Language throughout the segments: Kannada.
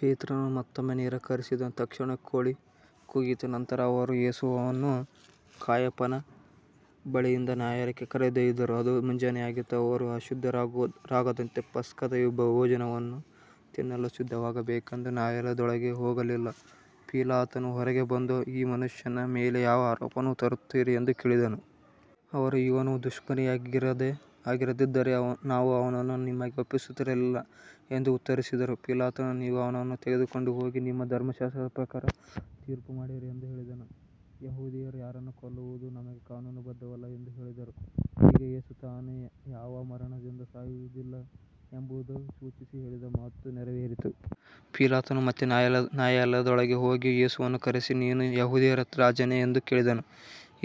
ಪೇತ್ರನು ಮತ್ತೊಮ್ಮೆ ನಿರಾಕರಿಸಿದನು, ತಕ್ಷಣವೇ ಕೋಳಿ ಕೂಗಿತು. ನಂತರ ಅವರು ಯೇಸುವನ್ನು ಕಾಯಫನ ಬಳಿಯಿಂದ ನ್ಯಾಯಾಲಯಕ್ಕೆ ಕರೆದೊಯ್ದರು. ಅದು ಮುಂಜಾನೆಯಾಗಿತ್ತು. ಅವರು ಅಶುದ್ಧರಾಗದಂತೆ ಪಸ್ಕದ ಭೋಜನವನ್ನು ತಿನ್ನಲು ಸಾಧ್ಯವಾಗಬೇಕೆಂದು ನ್ಯಾಯಾಲಯದೊಳಗೆ ಹೋಗಲಿಲ್ಲ. ಪಿಲಾತನು ಹೊರಗೆ ಬಂದು, ಈ ಮನುಷ್ಯನ ಮೇಲೆ ಯಾವ ಆರೋಪವನ್ನು ತರುತ್ತೀರಿ ಎಂದು ಕೇಳಿದನು. ಅವರು, ಇವನು ದುಷ್ಕರ್ಮಿಯಾಗಿರದಿದ್ದರೆ ನಾವು ಅವನನ್ನು ನಿಮಗೆ ಒಪ್ಪಿಸುತ್ತಿರಲಿಲ್ಲ ಎಂದು ಉತ್ತರಿಸಿದರು. ಪಿಲಾತನು, ನೀವು ಅವನನ್ನು ತೆಗೆದುಕೊಂಡು ಹೋಗಿ ನಿಮ್ಮ ಧರ್ಮಶಾಸ್ತ್ರದ ಪ್ರಕಾರ ತೀರ್ಪುಮಾಡಿರಿ ಎಂದು ಹೇಳಿದನು. ಯೆಹೂದ್ಯರು, ಯಾರನ್ನೂ ಕೊಲ್ಲುವುದು ನಮಗೆ ಕಾನೂನುಬದ್ಧವಲ್ಲ ಎಂದು ಹೇಳಿದರು. ಹೀಗೆ ಯೇಸು ತಾನು ಯಾವ ಮರಣದಿಂದ ಸಾಯಲಿದ್ದಾನೆಂಬುದನ್ನು ಸೂಚಿಸಿ ಹೇಳಿದ ಮಾತು ನೆರವೇರಿತು. ಪಿಲಾತನು ಮತ್ತೆ ನ್ಯಾಯಾಲಯದೊಳಗೆ ಹೋಗಿ ಯೇಸುವನ್ನು ಕರೆಸಿ, ನೀನು ಯೆಹೂದ್ಯರ ರಾಜನೇ ಎಂದು ಕೇಳಿದನು.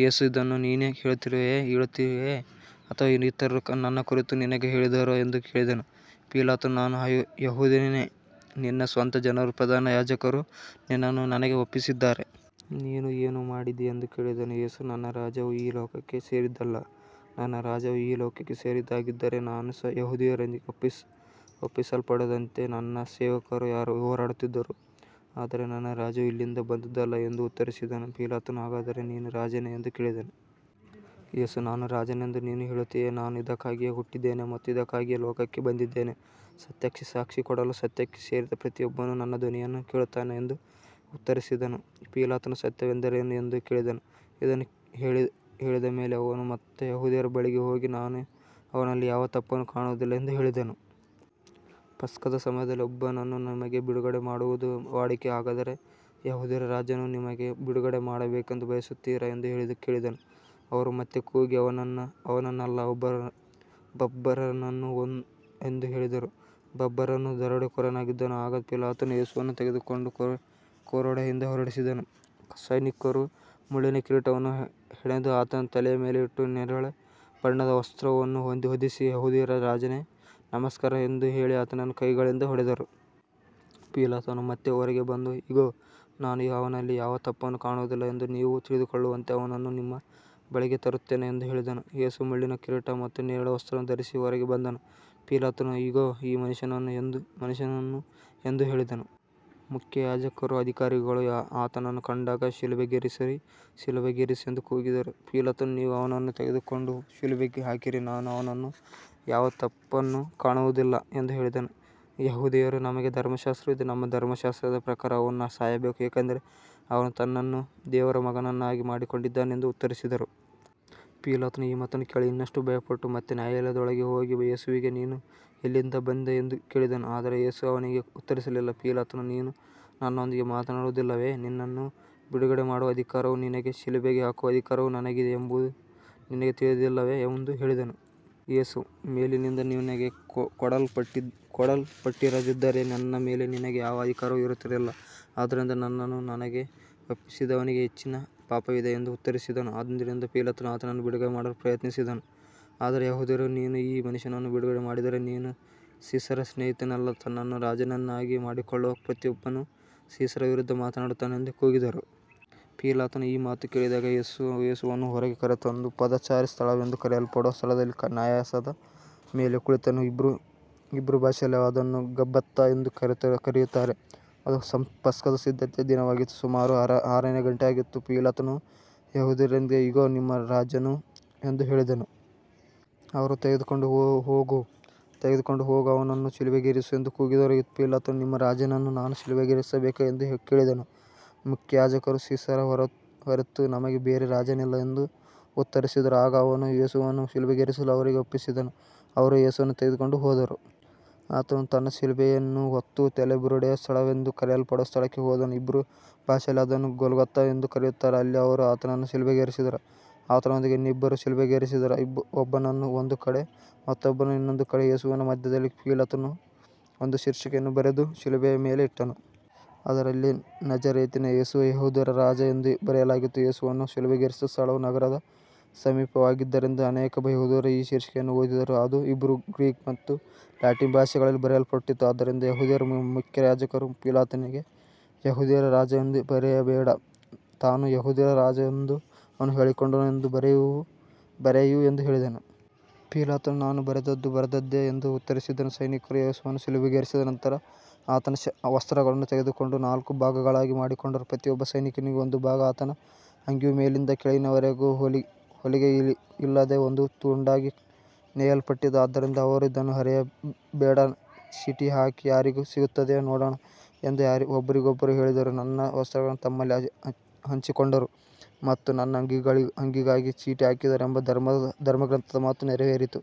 ಯೇಸು, ಇದನ್ನು ನೀನೇ ಹೇಳುತ್ತೀಯೋ, ಅಥವಾ ಇತರರು ನನ್ನ ಕುರಿತು ನಿನಗೆ ಹೇಳಿದರೋ ಎಂದು ಕೇಳಿದನು. ಪಿಲಾತನು, ನಾನು ಯೆಹೂದ್ಯನೇ? ನಿನ್ನ ಸ್ವಂತ ಜನರೂ ಪ್ರಧಾನ ಯಾಜಕರೂ ನಿನ್ನನ್ನು ನನಗೆ ಒಪ್ಪಿಸಿದ್ದಾರೆ. ನೀನು ಏನು ಮಾಡಿದ್ದೀ ಎಂದು ಕೇಳಿದನು. ಯೇಸು, ನನ್ನ ರಾಜ್ಯವು ಈ ಲೋಕಕ್ಕೆ ಸೇರಿದ್ದಲ್ಲ. ನನ್ನ ರಾಜ್ಯವು ಈ ಲೋಕಕ್ಕೆ ಸೇರಿದ್ದಾಗಿದ್ದರೆ, ನಾನು ಯೆಹೂದ್ಯರಿಗೆ ಒಪ್ಪಿಸಲ್ಪಡದಂತೆ ನನ್ನ ಸೇವಕರು ಹೋರಾಡುತ್ತಿದ್ದರು. ಆದರೆ ನನ್ನ ರಾಜ್ಯವು ಇಲ್ಲಿಂದ ಬಂದದ್ದಲ್ಲ ಎಂದು ಉತ್ತರಿಸಿದನು. ಪಿಲಾತನು, ಹಾಗಾದರೆ ನೀನು ರಾಜನೇ ಎಂದು ಕೇಳಿದನು. ಯೇಸು, ನಾನು ರಾಜನೆಂದು ನೀನು ಹೇಳುತ್ತೀಯೆ. ನಾನು ಇದಕ್ಕಾಗಿಯೇ ಹುಟ್ಟಿದ್ದೇನೆ ಮತ್ತು ಇದಕ್ಕಾಗಿಯೇ ಲೋಕಕ್ಕೆ ಬಂದಿದ್ದೇನೆ, ಸತ್ಯಕ್ಕೆ ಸಾಕ್ಷಿಕೊಡಲು. ಸತ್ಯಕ್ಕೆ ಸೇರಿದ ಪ್ರತಿಯೊಬ್ಬನು ನನ್ನ ಧ್ವನಿಯನ್ನು ಕೇಳುತ್ತಾನೆ ಎಂದು ಉತ್ತರಿಸಿದನು. ಪಿಲಾತನು, ಸತ್ಯವೆಂದರೇನು ಎಂದು ಕೇಳಿದನು. ಇದನ್ನು ಹೇಳಿದ ಮೇಲೆ ಅವನು ಮತ್ತೆ ಯೆಹೂದ್ಯರ ಬಳಿಗೆ ಹೋಗಿ, ನಾನು ಅವನಲ್ಲಿ ಯಾವ ತಪ್ಪನ್ನೂ ಕಾಣುವುದಿಲ್ಲ ಎಂದು ಹೇಳಿದನು. ಪಸ್ಕದ ಸಮಯದಲ್ಲಿ ಒಬ್ಬನನ್ನು ನಿಮಗೆ ಬಿಡುಗಡೆಮಾಡುವುದು ವಾಡಿಕೆ. ಹಾಗಾದರೆ ಯೆಹೂದ್ಯರ ರಾಜನನ್ನು ನಿಮಗೆ ಬಿಡುಗಡೆಮಾಡಬೇಕೆಂದು ಬಯಸುತ್ತೀರಾ ಎಂದು ಕೇಳಿದನು. ಅವರು ಮತ್ತೆ ಕೂಗಿ, ಇವನನ್ನಲ್ಲ, ಬರಬ್ಬನನ್ನು ಎಂದು ಹೇಳಿದರು. ಬರಬ್ಬನು ದರೋಡೆಕೋರನಾಗಿದ್ದನು. ಆಗ ಪಿಲಾತನು ಯೇಸುವನ್ನು ತೆಗೆದುಕೊಂಡು ಕೊರಡೆಯಿಂದ ಹೊಡೆಸಿದನು. ಸೈನಿಕರು ಮುಳ್ಳಿನ ಕಿರೀಟವನ್ನು ಹೆಣೆದು ಆತನ ತಲೆಯ ಮೇಲೆ ಇಟ್ಟು, ನೇರಳೆ ಬಣ್ಣದ ವಸ್ತ್ರವನ್ನು ಹೊದಿಸಿ, ಯೆಹೂದ್ಯರ ರಾಜನೇ, ನಮಸ್ಕಾರ ಎಂದು ಹೇಳಿ ಆತನನ್ನು ಕೈಗಳಿಂದ ಹೊಡೆದರು. ಪಿಲಾತನು ಮತ್ತೆ ಹೊರಗೆ ಬಂದು, ಇಗೋ, ನಾನು ಅವನಲ್ಲಿ ಯಾವ ತಪ್ಪನ್ನೂ ಕಾಣುವುದಿಲ್ಲ ಎಂದು ನೀವು ತಿಳಿದುಕೊಳ್ಳುವಂತೆ ಅವನನ್ನು ನಿಮ್ಮ ಬಳಿಗೆ ತರುತ್ತೇನೆ ಎಂದು ಹೇಳಿದನು. ಯೇಸು ಮುಳ್ಳಿನ ಕಿರೀಟ ಮತ್ತು ನೇರಳೆ ವಸ್ತ್ರವನ್ನು ಧರಿಸಿ ಹೊರಗೆ ಬಂದನು. ಪಿಲಾತನು, ಇಗೋ, ಈ ಮನುಷ್ಯನು ಎಂದು ಹೇಳಿದನು. ಮುಖ್ಯಯಾಜಕರೂ ಅಧಿಕಾರಿಗಳೂ ಆತನನ್ನು ಕಂಡಾಗ, ಶಿಲುಬೆಗೇರಿಸು, ಶಿಲುಬೆಗೇರಿಸು ಎಂದು ಕೂಗಿದರು. ಪಿಲಾತನು, ನೀವು ಅವನನ್ನು ತೆಗೆದುಕೊಂಡು ಶಿಲುಬೆಗೆ ಹಾಕಿರಿ, ನಾನು ಅವನಲ್ಲಿ ಯಾವ ತಪ್ಪನ್ನೂ ಕಾಣುವುದಿಲ್ಲ ಎಂದು ಹೇಳಿದನು. ಯೆಹೂದ್ಯರು, ನಮಗೆ ಧರ್ಮಶಾಸ್ತ್ರವಿದೆ, ನಮ್ಮ ಧರ್ಮಶಾಸ್ತ್ರದ ಪ್ರಕಾರ ಅವನು ಸಾಯಬೇಕು, ಏಕೆಂದರೆ ಅವನು ತನ್ನನ್ನು ದೇವರ ಮಗನನ್ನಾಗಿ ಮಾಡಿಕೊಂಡಿದ್ದಾನೆ ಎಂದು ಉತ್ತರಿಸಿದರು. ಪಿಲಾತನು ಈ ಮಾತನ್ನು ಕೇಳಿ ಇನ್ನಷ್ಟು ಭಯಪಟ್ಟು ಮತ್ತೆ ನ್ಯಾಯಾಲಯದೊಳಗೆ ಹೋಗಿ ಯೇಸುವಿಗೆ, ನೀನು ಎಲ್ಲಿಂದ ಬಂದೆ ಎಂದು ಕೇಳಿದನು. ಆದರೆ ಯೇಸು ಅವನಿಗೆ ಉತ್ತರಿಸಲಿಲ್ಲ. ಪಿಲಾತನು, ನೀನು ನನ್ನೊಂದಿಗೆ ಮಾತನಾಡುವುದಿಲ್ಲವೇ? ನಿನ್ನನ್ನು ಬಿಡುಗಡೆಮಾಡುವ ಅಧಿಕಾರವೂ ನಿನಗೆ ಶಿಲುಬೆಗೆ ಹಾಕುವ ಅಧಿಕಾರವೂ ನನಗಿದೆ ಎಂಬುದು ನಿನಗೆ ತಿಳಿದಿಲ್ಲವೇ ಎಂದು ಕೇಳಿದನು. ಯೇಸು, ಮೇಲಿನಿಂದ ನಿನಗೆ ಕೊಡಲ್ಪಟ್ಟಿರದಿದ್ದರೆ ನನ್ನ ಮೇಲೆ ನಿನಗೆ ಯಾವ ಅಧಿಕಾರವೂ ಇರುತ್ತಿರಲಿಲ್ಲ. ಆದ್ದರಿಂದ ನನ್ನನ್ನು ನಿನಗೆ ಒಪ್ಪಿಸಿದವನಿಗೆ ಹೆಚ್ಚಿನ ಪಾಪವಿದೆ ಎಂದು ಉತ್ತರಿಸಿದನು. ಅಂದಿನಿಂದ ಪಿಲಾತನು ಆತನನ್ನು ಬಿಡುಗಡೆಮಾಡಲು ಪ್ರಯತ್ನಿಸಿದನು. ಆದರೆ ಯೆಹೂದ್ಯರು, ನೀನು ಈ ಮನುಷ್ಯನನ್ನು ಬಿಡುಗಡೆಮಾಡಿದರೆ ನೀನು ಸೀಸರನ ಸ್ನೇಹಿತನಲ್ಲ. ತನ್ನನ್ನು ರಾಜನನ್ನಾಗಿ ಮಾಡಿಕೊಳ್ಳುವ ಪ್ರತಿಯೊಬ್ಬನೂ ಸೀಸರನ ವಿರುದ್ಧ ಮಾತನಾಡುತ್ತಾನೆ ಎಂದು ಕೂಗಿದರು. ಪಿಲಾತನು ಈ ಮಾತು ಕೇಳಿದಾಗ ಯೇಸುವನ್ನು ಹೊರಗೆ ಕರೆತಂದು, ಪಾದಚಾರಿ ಸ್ಥಳವೆಂದು ಕರೆಯಲ್ಪಡುವ ಸ್ಥಳದಲ್ಲಿ ನ್ಯಾಯಾಸನದ ಮೇಲೆ ಕುಳಿತನು. ಹೀಬ್ರೂ ಭಾಷೆಯಲ್ಲಿ ಅದನ್ನು ಗಬ್ಬಥಾ ಎಂದು ಕರೆಯುತ್ತಾರೆ. ಅದು ಪಸ್ಕದ ಸಿದ್ಧತೆಯ ದಿನವಾಗಿತ್ತು, ಸುಮಾರು ಆರನೆಯ ಗಂಟೆಯಾಗಿತ್ತು. ಪಿಲಾತನು ಯೆಹೂದ್ಯರಿಗೆ, ಇಗೋ, ನಿಮ್ಮ ರಾಜನು ಎಂದು ಹೇಳಿದನು. ಅವರು, ತೆಗೆದುಕೊಂಡು ಹೋಗು, ತೆಗೆದುಕೊಂಡು ಹೋಗು, ಅವನನ್ನು ಶಿಲುಬೆಗೇರಿಸು ಎಂದು ಕೂಗಿದರು. ಪಿಲಾತನು, ನಿಮ್ಮ ರಾಜನನ್ನು ನಾನು ಶಿಲುಬೆಗೇರಿಸಬೇಕೇ ಎಂದು ಕೇಳಿದನು. ಮುಖ್ಯಯಾಜಕರು, ಸೀಸರನ ಹೊರತು ನಮಗೆ ಬೇರೆ ರಾಜನಿಲ್ಲ ಎಂದು ಉತ್ತರಿಸಿದರು. ಆಗ ಅವನು ಯೇಸುವನ್ನು ಶಿಲುಬೆಗೇರಿಸಲು ಅವರಿಗೆ ಒಪ್ಪಿಸಿದನು. ಅವರು ಯೇಸುವನ್ನು ತೆಗೆದುಕೊಂಡು ಹೋದರು. ಆತನು ತನ್ನ ಶಿಲುಬೆಯನ್ನು ಹೊತ್ತು ತಲೆಬುರುಡೆಯ ಸ್ಥಳವೆಂದು ಕರೆಯಲ್ಪಡುವ ಸ್ಥಳಕ್ಕೆ ಹೋದನು. ಹೀಬ್ರೂ ಭಾಷೆಯಲ್ಲಿ ಅದನ್ನು ಗೊಲ್ಗೊಥಾ ಎಂದು ಕರೆಯುತ್ತಾರೆ. ಅಲ್ಲಿ ಅವರು ಆತನನ್ನು ಶಿಲುಬೆಗೇರಿಸಿದರು. ಆತನೊಂದಿಗೆ ಇನ್ನಿಬ್ಬರನ್ನೂ ಶಿಲುಬೆಗೇರಿಸಿದರು, ಒಬ್ಬನನ್ನು ಒಂದು ಕಡೆ, ಮತ್ತೊಬ್ಬನನ್ನು ಇನ್ನೊಂದು ಕಡೆ, ಯೇಸುವನ್ನು ಮಧ್ಯದಲ್ಲಿ. ಪಿಲಾತನು ಒಂದು ಶೀರ್ಷಿಕೆಯನ್ನು ಬರೆದು ಶಿಲುಬೆಯ ಮೇಲೆ ಇಟ್ಟನು. ಅದರಲ್ಲಿ, ನಜರೇತಿನ ಯೇಸು, ಯೆಹೂದ್ಯರ ರಾಜ ಎಂದು ಬರೆಯಲಾಗಿತ್ತು. ಯೇಸುವನ್ನು ಶಿಲುಬೆಗೇರಿಸಿದ ಸ್ಥಳವು ನಗರದ ಸಮೀಪವಾಗಿದ್ದರಿಂದ ಅನೇಕ ಯೆಹೂದ್ಯರು ಆ ಶೀರ್ಷಿಕೆಯನ್ನು ಓದಿದರು. ಅದು ಹೀಬ್ರೂ, ಗ್ರೀಕ್ ಮತ್ತು ಲ್ಯಾಟಿನ್ ಭಾಷೆಗಳಲ್ಲಿ ಬರೆಯಲ್ಪಟ್ಟಿತ್ತು. ಆದ್ದರಿಂದ ಯೆಹೂದ್ಯರ ಮುಖ್ಯಯಾಜಕರು ಪಿಲಾತನಿಗೆ, ಯೆಹೂದ್ಯರ ರಾಜ ಎಂದು ಬರೆಯಬೇಡ, ತಾನು ಯೆಹೂದ್ಯರ ರಾಜ ಎಂದು ಅವನು ಹೇಳಿಕೊಂಡನು ಎಂದು ಬರೆಯು ಎಂದು ಹೇಳಿದರು. ಪಿಲಾತನು, ನಾನು ಬರೆದದ್ದು ಬರೆದದ್ದೇ ಎಂದು ಉತ್ತರಿಸಿದನು. ಸೈನಿಕರು ಯೇಸುವನ್ನು ಶಿಲುಬೆಗೇರಿಸಿದ ನಂತರ ಆತನ ವಸ್ತ್ರಗಳನ್ನು ತೆಗೆದುಕೊಂಡು ನಾಲ್ಕು ಭಾಗಗಳಾಗಿ ಮಾಡಿಕೊಂಡರು, ಪ್ರತಿಯೊಬ್ಬ ಸೈನಿಕನಿಗೂ ಒಂದು ಭಾಗ. ಆತನ ಅಂಗಿಯು ಮೇಲಿನಿಂದ ಕೆಳಗಿನವರೆಗೂ ಹೊಲಿಗೆಯಿಲ್ಲದೆ ಒಂದೇ ತುಂಡಾಗಿ ನೇಯಲ್ಪಟ್ಟಿತ್ತು. ಆದ್ದರಿಂದ ಅವರು, ಇದನ್ನು ಹರಿಯಬೇಡ, ಚೀಟಿ ಹಾಕಿ ಯಾರಿಗೆ ಸಿಗುತ್ತದೆಯೋ ನೋಡೋಣ ಎಂದು ಒಬ್ಬರಿಗೊಬ್ಬರು ಹೇಳಿದರು. ನನ್ನ ವಸ್ತ್ರಗಳನ್ನು ತಮ್ಮಲ್ಲಿ ಹಂಚಿಕೊಂಡರು ಮತ್ತು ನನ್ನ ಅಂಗಿಗಾಗಿ ಚೀಟಿ ಹಾಕಿದರು ಎಂಬ ಧರ್ಮಗ್ರಂಥದ ಮಾತು ನೆರವೇರಿತು.